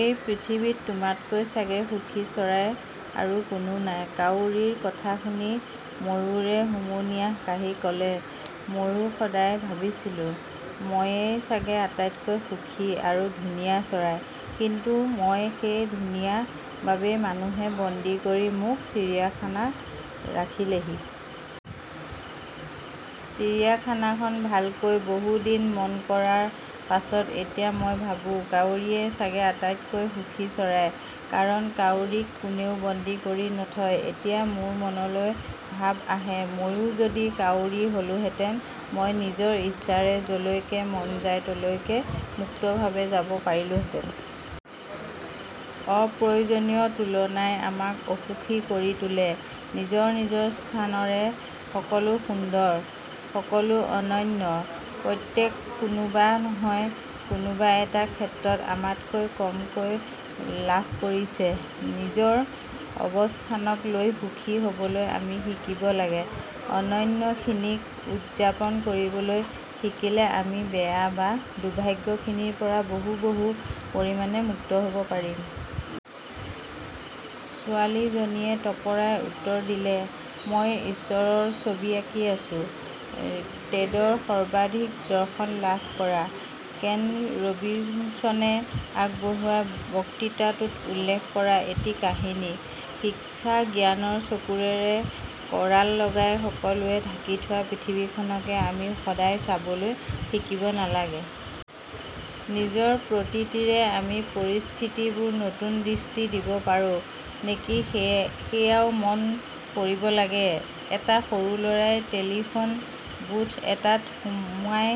এই পৃথিৱীত তোমাতকৈ চাগে সুখী চৰাই আৰু কোনো নাই। "। কাউৰীৰ কথা শুনি ময়ূৰে হুমুনিয়াহ কাঢ়ি ক'লে— "মইয়ো সদায় ভাবিছিলোঁ, মইয়েই চাগে আটাইতকৈ সুখী আৰু ধুনীয়া চৰাই। কিন্তু মই সেই "ধূনীয়া" বাবেই মানুহে বন্দী কৰি মোক চিৰিয়াখানাতৰাখিলেহি। চিৰিয়াখানাখন ভালকৈ বহু দিন মন কৰাৰ পাছত এতিয়া মই ভাবোঁ— কাউৰীয়েই চাগে আটাইতকৈ সুখী চৰাই, কাৰণ কাউৰীক কোনেও বন্দী কৰি নথয়। এতিয়া মোৰ মনলৈ ভাৱ আহে— মইয়ো যদি কাউৰী হ'লোহেঁতেন মই নিজৰ ইচ্ছাৰে য'লৈকে মন যায় তালৈকে মুক্তভাৱে যাব পাৰিলোঁহেঁতেন! " অপ্ৰয়োজনীয় তুলনাই আমাক অসুখী কৰি তোলে। নিজৰ নিজৰ স্থানেৰে সকলো সুন্দৰ, সকলো অনন্য। প্ৰত্যেকেইকোনোবা নহয় কোনোবা এটা ক্ষেত্ৰত আমাতকৈ কমকৈ লাভ কৰিছে। নিজৰ অৱস্থানক লৈ সুখী হ'বলৈ আমি শিকিব লাগে। অনন্যখিনিক উৎযাপন কৰিবলৈ শিকিলে আমি বেয়া বা দুৰ্ভাগ্যখিনিৰ পৰা বহু বহু পৰিমাণে মুক্ত হ'ব পাৰিম। ছোৱালীজনীয়ে তপৰাই উত্তৰ দিলে— "মই ঈশ্বৰৰ ছবি আঁকি আছোঁ। " টেডৰ সৰ্বাধিক দৰ্শন লাভ কৰা, কেন ৰবিনশ্বনে আগবঢ়োৱা বক্তৃতাটোত উল্লেখ কৰা এটি কাহিনী। শিক্ষা:— জ্ঞানৰ চেকুৰাৰে কৰাল লগাই সকলোৱে ঢাকি থোৱা পৃথিৱীখনকে আমি সদায় চাবলৈ শিকিব নালাগে। নিজৰ প্ৰতীতিৰে আমি পৰিস্থিতিবোৰত নতুন দৃষ্টি দিব পাৰোঁ নেকি সেইয়াও মন কৰিব লাগে। এটা সৰু ল'ৰাই টেলিফ'ন বুথ এটাত সোমাই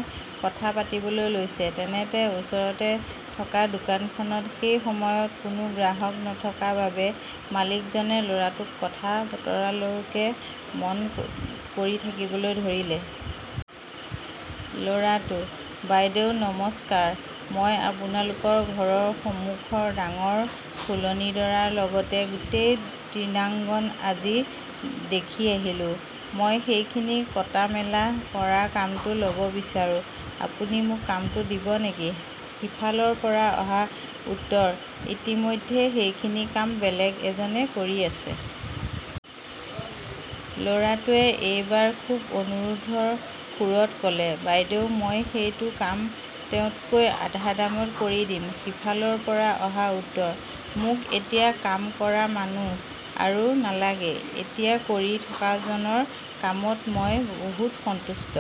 কথা পাতিবলৈ লৈছে। তেনেতে ওচৰতে থকা দোকানখনত সেই সময়ত কোনো গ্ৰাহক নথকা বাবে মালিকজনে ল'ৰাটোৰ কথা-বতৰালৈকে মন কৰিথাকিবলৈ ধৰিলে। ল'ৰাটো— "বাইদেউ নমস্কাৰ। মই আপোনালোকৰ ঘৰৰ সমুখৰ ডাঙৰ ফুলনিডৰাৰ লগতে গোটেই তৃণাঙ্গন আজি দেখি আহিলোঁ। মই সেইখিনি কটা-মেলা কৰাৰ কামটো ল'ব বিচাৰোঁ। আপুনি মোক কামটো দিব নেকি? " সিফালৰ পৰা অহা উত্তৰ— "ইতিমধ্যে সেইখিনি কাম বেলেগ এজনে কৰি আছে। " ল'ৰাটোৱে এইবাৰ খুৱ অনুৰোধৰ সুৰত ক'লে— "বাইদেউ মই সেইটো কাম তেওঁতকৈ আধা দামত কৰি দিম। " সিফালৰ পৰা অহা উত্তৰ— "মোক এতিয়া কাম কৰা মানুহ আৰু নালাগে। এতিয়া কৰি থকাজনৰ কামত মই বহুত সন্তুষ্ট।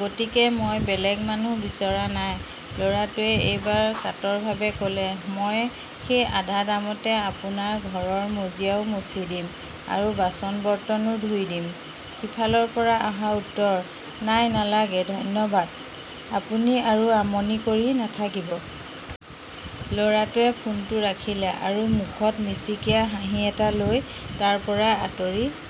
গতিকে মই বেলেগ মানুহ বিচৰা নাই। " ল'ৰাটোৱে এইবাৰ কাতৰভাৱে ক'লে— "মই সেই আধা দামতে আপোনাৰ ঘৰৰ মজিয়াও মছি দিম আৰু বাচন-বৰ্তনো ধুই দিম। " সিফালৰ পৰা অহা উত্তৰ— "নাই নালাগে। ধন্যবাদ। আপুনি আৰু আমনি কৰি নাথাকিব। " ল'ৰাটোৱে ফ'নটো ৰাখিলে আৰু মুখত মিচিকীয়া হাঁহি এটা লৈ তাৰ পৰা আঁতৰি